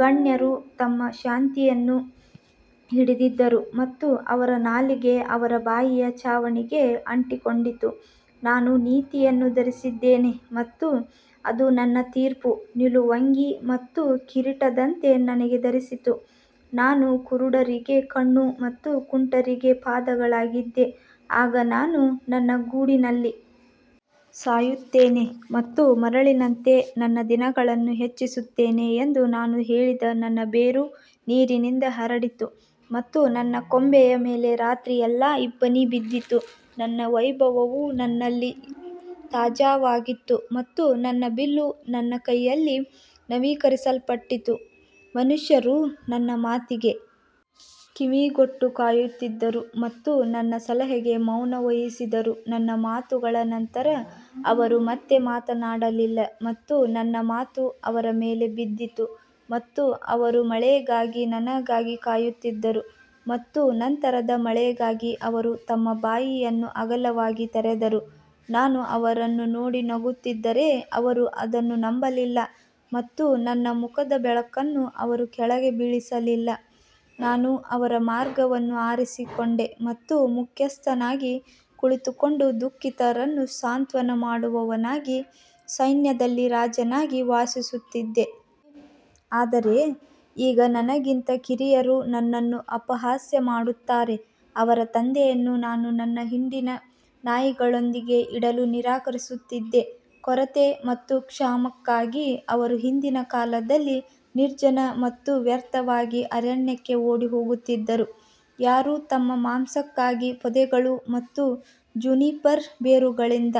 ಗಣ್ಯರು ತಮ್ಮ ಶಾಂತಿಯನ್ನು ಹಿಡಿದಿದ್ದರು ಮತ್ತು ಅವರ ನಾಲಿಗೆ ಅವರ ಬಾಯಿಯ ಛಾವಣಿಗೆ ಅಂಟಿಕೊಂಡಿತು ನಾನು ನೀತಿಯನ್ನು ಧರಿಸಿದ್ದೇನೆ ಮತ್ತು ಅದು ನನ್ನ ತೀರ್ಪು ನಿಲುವಂಗಿ ಮತ್ತು ಕಿರೀಟದಂತೆ ನನಗೆ ಧರಿಸಿತು ನಾನು ಕುರುಡರಿಗೆ ಕಣ್ಣು ಮತ್ತು ಕುಂಟರಿಗೆ ಪಾದಗಳಾಗಿದ್ದೆ ಆಗ ನಾನು ನನ್ನ ಗೂಡಿನಲ್ಲಿ ಸಾಯುತ್ತೇನೆ ಮತ್ತು ಮರಳಿನಂತೆ ನನ್ನ ದಿನಗಳನ್ನು ಹೆಚ್ಚಿಸುತ್ತೇನೆ ಎಂದು ನಾನು ಹೇಳಿದೆ ನನ್ನ ಬೇರು ನೀರಿನಿಂದ ಹರಡಿತು ಮತ್ತು ನನ್ನ ಕೊಂಬೆಯ ಮೇಲೆ ರಾತ್ರಿಯೆಲ್ಲಾ ಇಬ್ಬನಿ ಬಿದ್ದಿತು ನನ್ನ ವೈಭವವು ನನ್ನಲ್ಲಿ ತಾಜಾವಾಗಿತ್ತು ಮತ್ತು ನನ್ನ ಬಿಲ್ಲು ನನ್ನ ಕೈಯಲ್ಲಿ ನವೀಕರಿಸಲ್ಪಟ್ಟಿತು ಮನುಷ್ಯರು ನನ್ನ ಮಾತಿಗೆ ಕಿವಿಗೊಟ್ಟು ಕಾಯುತ್ತಿದ್ದರು ಮತ್ತು ನನ್ನ ಸಲಹೆಗೆ ಮೌನ ವಹಿಸಿದರು ನನ್ನ ಮಾತುಗಳ ನಂತರ ಅವರು ಮತ್ತೆ ಮಾತನಾಡಲಿಲ್ಲ ಮತ್ತು ನನ್ನ ಮಾತು ಅವರ ಮೇಲೆ ಬಿದ್ದಿತು ಮತ್ತು ಅವರು ಮಳೆಗಾಗಿ ನನಗಾಗಿ ಕಾಯುತ್ತಿದ್ದರು ಮತ್ತು ನಂತರದ ಮಳೆಗಾಗಿ ಅವರು ತಮ್ಮ ಬಾಯಿಯನ್ನು ಅಗಲವಾಗಿ ತೆರೆದರು ನಾನು ಅವರನ್ನು ನೋಡಿ ನಗುತ್ತಿದ್ದರೆ ಅವರು ಅದನ್ನು ನಂಬಲಿಲ್ಲ ಮತ್ತು ನನ್ನ ಮುಖದ ಬೆಳಕನ್ನು ಅವರು ಕೆಳಗೆ ಬೀಳಿಸಲಿಲ್ಲ ನಾನು ಅವರ ಮಾರ್ಗವನ್ನು ಆರಿಸಿಕೊಂಡೆ ಮತ್ತು ಮುಖ್ಯಸ್ಥನಾಗಿ ಕುಳಿತುಕೊಂಡು ದುಃಖಿತರನ್ನು ಸಾಂತ್ವನ ಮಾಡುವವನಾಗಿ ಸೈನ್ಯದಲ್ಲಿ ರಾಜನಾಗಿ ವಾಸಿಸುತ್ತಿದ್ದೆ. ಆದರೆ ಈಗ ನನಗಿಂತ ಕಿರಿಯರು ನನ್ನನ್ನು ಅಪಹಾಸ್ಯ ಮಾಡುತ್ತಾರೆ, ಅವರ ತಂದೆಯನ್ನು ನಾನು ನನ್ನ ಹಿಂಡಿನ ನಾಯಿಗಳೊಂದಿಗೆ ಇಡಲು ನಿರಾಕರಿಸುತ್ತಿದ್ದೆ. ಕೊರತೆ ಮತ್ತು ಕ್ಷಾಮಕ್ಕಾಗಿ ಅವರು ಹಿಂದಿನ ಕಾಲದಲ್ಲಿ ನಿರ್ಜನ ಮತ್ತು ವ್ಯರ್ಥವಾಗಿ ಅರಣ್ಯಕ್ಕೆ ಓಡಿಹೋಗುತ್ತಿದ್ದರು ಯಾರು ತಮ್ಮ ಮಾಂಸಕ್ಕಾಗಿ ಪೊದೆಗಳು ಮತ್ತು ಜುನಿಪರ್ ಬೇರುಗಳಿಂದ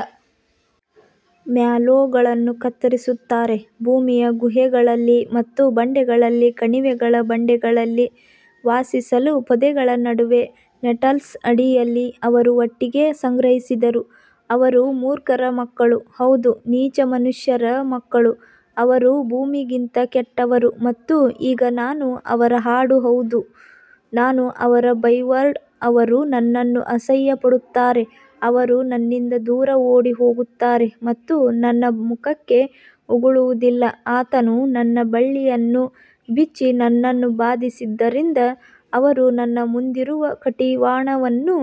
ಮ್ಯಾಲೋಗಳನ್ನು ಕತ್ತರಿಸುತ್ತಾರೆ ಭೂಮಿಯ ಗುಹೆಗಳಲ್ಲಿ ಮತ್ತು ಬಂಡೆಗಳಲ್ಲಿ ಕಣಿವೆಗಳ ಬಂಡೆಗಳಲ್ಲಿ ವಾಸಿಸಲು ಪೊದೆಗಳ ನಡುವೆ ನೆಟಲ್ಸ್ ಅಡಿಯಲ್ಲಿ ಅವರು ಒಟ್ಟಿಗೆ ಸಂಗ್ರಹಿಸಿದರು ಅವರು ಮೂರ್ಖರ ಮಕ್ಕಳು ಹೌದು ನೀಚ ಮನುಷ್ಯರ ಮಕ್ಕಳು ಅವರು ಭೂಮಿಗಿಂತ ಕೆಟ್ಟವರು ಮತ್ತು ಈಗ ನಾನು ಅವರ ಹಾಡು ಹೌದು ನಾನು ಅವರ ಬೈವರ್ಡ್ ಅವರು ನನ್ನನ್ನು ಅಸಹ್ಯಪಡುತ್ತಾರೆ, ಅವರು ನನ್ನಿಂದ ದೂರ ಓಡಿಹೋಗುತ್ತಾರೆ ಮತ್ತು ನನ್ನ ಮುಖಕ್ಕೆ ಉಗುಳುವುದಿಲ್ಲ ಆತನು ನನ್ನ ಬಳ್ಳಿಯನ್ನು ಬಿಚ್ಚಿ ನನ್ನನ್ನು ಬಾಧಿಸಿದ್ದರಿಂದ ಅವರು ನನ್ನ ಮುಂದಿರುವ ಕಡಿವಾಣವನ್ನೂ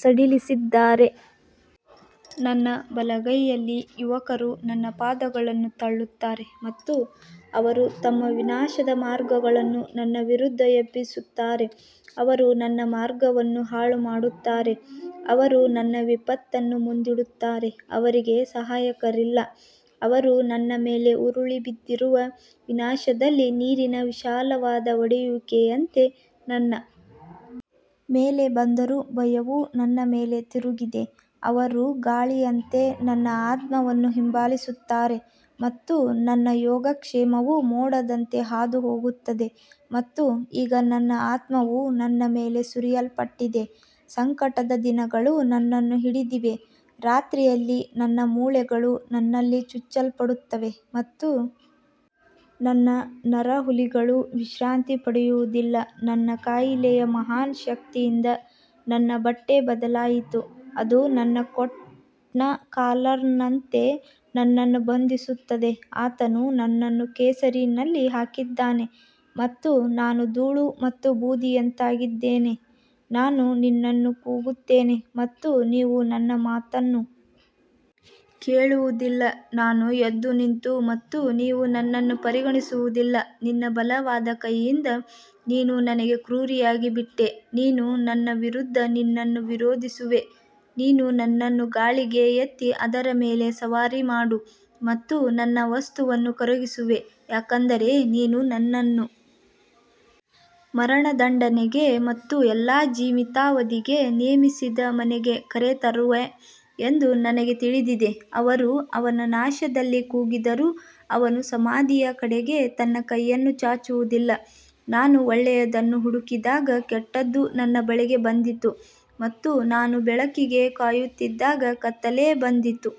ಸಡಿಲಿಸಿದ್ದಾರೆ. ನನ್ನ ಬಲಗೈಯಲ್ಲಿ ಯುವಕರು ನನ್ನ ಪಾದಗಳನ್ನು ತಳ್ಳುತ್ತಾರೆ ಮತ್ತು ಅವರು ತಮ್ಮ ವಿನಾಶದ ಮಾರ್ಗಗಳನ್ನು ನನ್ನ ವಿರುದ್ಧ ಎಬ್ಬಿಸುತ್ತಾರೆ ಅವರು ನನ್ನ ಮಾರ್ಗವನ್ನು ಹಾಳುಮಾಡುತ್ತಾರೆ ಅವರು ನನ್ನ ವಿಪತ್ತನ್ನು ಮುಂದಿಡುತ್ತಾರೆ ಅವರಿಗೆ ಸಹಾಯಕರಿಲ್ಲ ಅವರು ನನ್ನ ಮೇಲೆ ಉರುಳಿಬಿದ್ದಿರುವ ವಿನಾಶದಲ್ಲಿ ನೀರಿನ ವಿಶಾಲವಾದ ಒಡೆಯುವಿಕೆಯಂತೆ ನನ್ನ ಮೇಲೆ ಬಂದರು ಭಯವು ನನ್ನ ಮೇಲೆ ತಿರುಗಿದೆ ಅವರು ಗಾಳಿಯಂತೆ ನನ್ನ ಆತ್ಮವನ್ನು ಹಿಂಬಾಲಿಸುತ್ತಾರೆ ಮತ್ತು ನನ್ನ ಯೋಗಕ್ಷೇಮವು ಮೋಡದಂತೆ ಹಾದುಹೋಗುತ್ತದೆ ಮತ್ತು ಈಗ ನನ್ನ ಆತ್ಮವು ನನ್ನ ಮೇಲೆ ಸುರಿಯಲ್ಪಟ್ಟಿದೆ, ಸಂಕಟದ ದಿನಗಳು ನನ್ನನ್ನು ಹಿಡಿದಿವೆ ರಾತ್ರಿಯಲ್ಲಿ ನನ್ನ ಮೂಳೆಗಳು ನನ್ನಲ್ಲಿ ಚುಚ್ಚಲ್ಪಡುತ್ತವೆ ಮತ್ತು ನನ್ನ ನರಹುಲಿಗಳು ವಿಶ್ರಾಂತಿ ಪಡೆಯುವುದಿಲ್ಲ ನನ್ನ ಕಾಯಿಲೆಯ ಮಹಾನ್ ಶಕ್ತಿಯಿಂದ ನನ್ನ ಬಟ್ಟೆ ಬದಲಾಯಿತು ಅದು ನನ್ನ ಕೋಟ್ನ ಕಾಲರ್ನಂತೆ ನನ್ನನ್ನು ಬಂಧಿಸುತ್ತದೆ ಆತನು ನನ್ನನ್ನು ಕೆಸರಿನಲ್ಲಿ ಹಾಕಿದ್ದಾನೆ ಮತ್ತು ನಾನು ಧೂಳು ಮತ್ತು ಬೂದಿಯಂತಾಗಿದ್ದೇನೆ ನಾನು ನಿನ್ನನ್ನು ಕೂಗುತ್ತೇನೆ ಮತ್ತು ನೀವು ನನ್ನ ಮಾತನ್ನು ಕೇಳುವುದಿಲ್ಲ ನಾನು ಎದ್ದುನಿಂತು ಮತ್ತು ನೀವು ನನ್ನನ್ನು ಪರಿಗಣಿಸುವುದಿಲ್ಲ ನಿನ್ನ ಬಲವಾದ ಕೈಯಿಂದ ನೀನು ನನಗೆ ಕ್ರೂರಿಯಾಗಿಬಿಟ್ಟೆ, ನೀನು ನನ್ನ ವಿರುದ್ಧ ನಿನ್ನನ್ನು ವಿರೋಧಿಸುವೆ ನೀನು ನನ್ನನ್ನು ಗಾಳಿಗೆ ಎತ್ತಿ ಅದರ ಮೇಲೆ ಸವಾರಿ ಮಾಡು ಮತ್ತು ನನ್ನ ವಸ್ತುವನ್ನು ಕರಗಿಸುವೆ ಯಾಕಂದರೆ ನೀನು ನನ್ನನ್ನು ಮರಣದಂಡನೆಗೆ ಮತ್ತು ಎಲ್ಲಾ ಜೀವಿತಾವಧಿಗೆ ನೇಮಿಸಿದ ಮನೆಗೆ ಕರೆತರುವೆ ಎಂದು ನನಗೆ ತಿಳಿದಿದೆ ಅವರು ಅವನ ನಾಶದಲ್ಲಿ ಕೂಗಿದರೂ ಅವನು ಸಮಾಧಿಯ ಕಡೆಗೆ ತನ್ನ ಕೈಯನ್ನು ಚಾಚುವುದಿಲ್ಲ ನಾನು ಒಳ್ಳೆಯದನ್ನು ಹುಡುಕಿದಾಗ ಕೆಟ್ಟದ್ದು ನನ್ನ ಬಳಿಗೆ ಬಂದಿತು ಮತ್ತು ನಾನು ಬೆಳಕಿಗೆ ಕಾಯುತ್ತಿದ್ದಾಗ ಕತ್ತಲೆ ಬಂದಿತು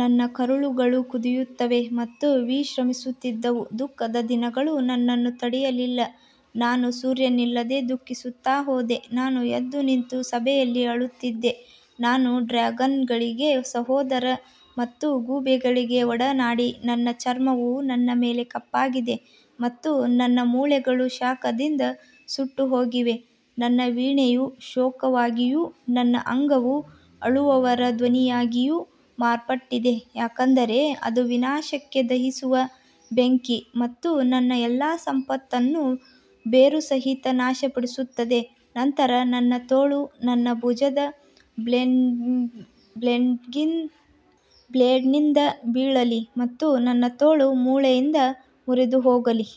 ನನ್ನ ಕರುಳುಗಳು ಕುದಿಯುತ್ತವೆ ಮತ್ತು ವಿಶ್ರಮಿಸುತ್ತಿದ್ದವು, ದುಃಖದ ದಿನಗಳು ನನ್ನನ್ನು ತಡೆಯಲಿಲ್ಲ ನಾನು ಸೂರ್ಯನಿಲ್ಲದೆ ದುಃಖಿಸುತ್ತಾ ಹೋದೆ, ನಾನು ಎದ್ದುನಿಂತು ಸಭೆಯಲ್ಲಿ ಅಳುತ್ತಿದ್ದೆ ನಾನು ಡ್ರ್ಯಾಗನ್ಗಳಿಗೆ ಸಹೋದರ ಮತ್ತು ಗೂಬೆಗಳಿಗೆ ಒಡನಾಡಿ ನನ್ನ ಚರ್ಮವು ನನ್ನ ಮೇಲೆ ಕಪ್ಪಾಗಿದೆ ಮತ್ತು ನನ್ನ ಮೂಳೆಗಳು ಶಾಖದಿಂದ ಸುಟ್ಟುಹೋಗಿವೆ ನನ್ನ ವೀಣೆಯು ಶೋಕವಾಗಿಯೂ ನನ್ನ ಅಂಗವು ಅಳುವವರ ಧ್ವನಿಯಾಗಿಯೂ ಮಾರ್ಪಟ್ಟಿದೆ ಯಾಕಂದರೆ ಅದು ವಿನಾಶಕ್ಕೆ ದಹಿಸುವ ಬೆಂಕಿ ಮತ್ತು ನನ್ನ ಎಲ್ಲಾ ಸಂಪತ್ತನ್ನು ಬೇರುಸಹಿತ ನಾಶಪಡಿಸುತ್ತದೆ ನಂತರ ನನ್ನ ತೋಳು ನನ್ನ ಭುಜದ ಬ್ಲೇಡ್ನಿಂದ ಬೀಳಲಿ ಮತ್ತು ನನ್ನ ತೋಳು ಮೂಳೆಯಿಂದ ಮುರಿದು ಹೋಗಲಿ.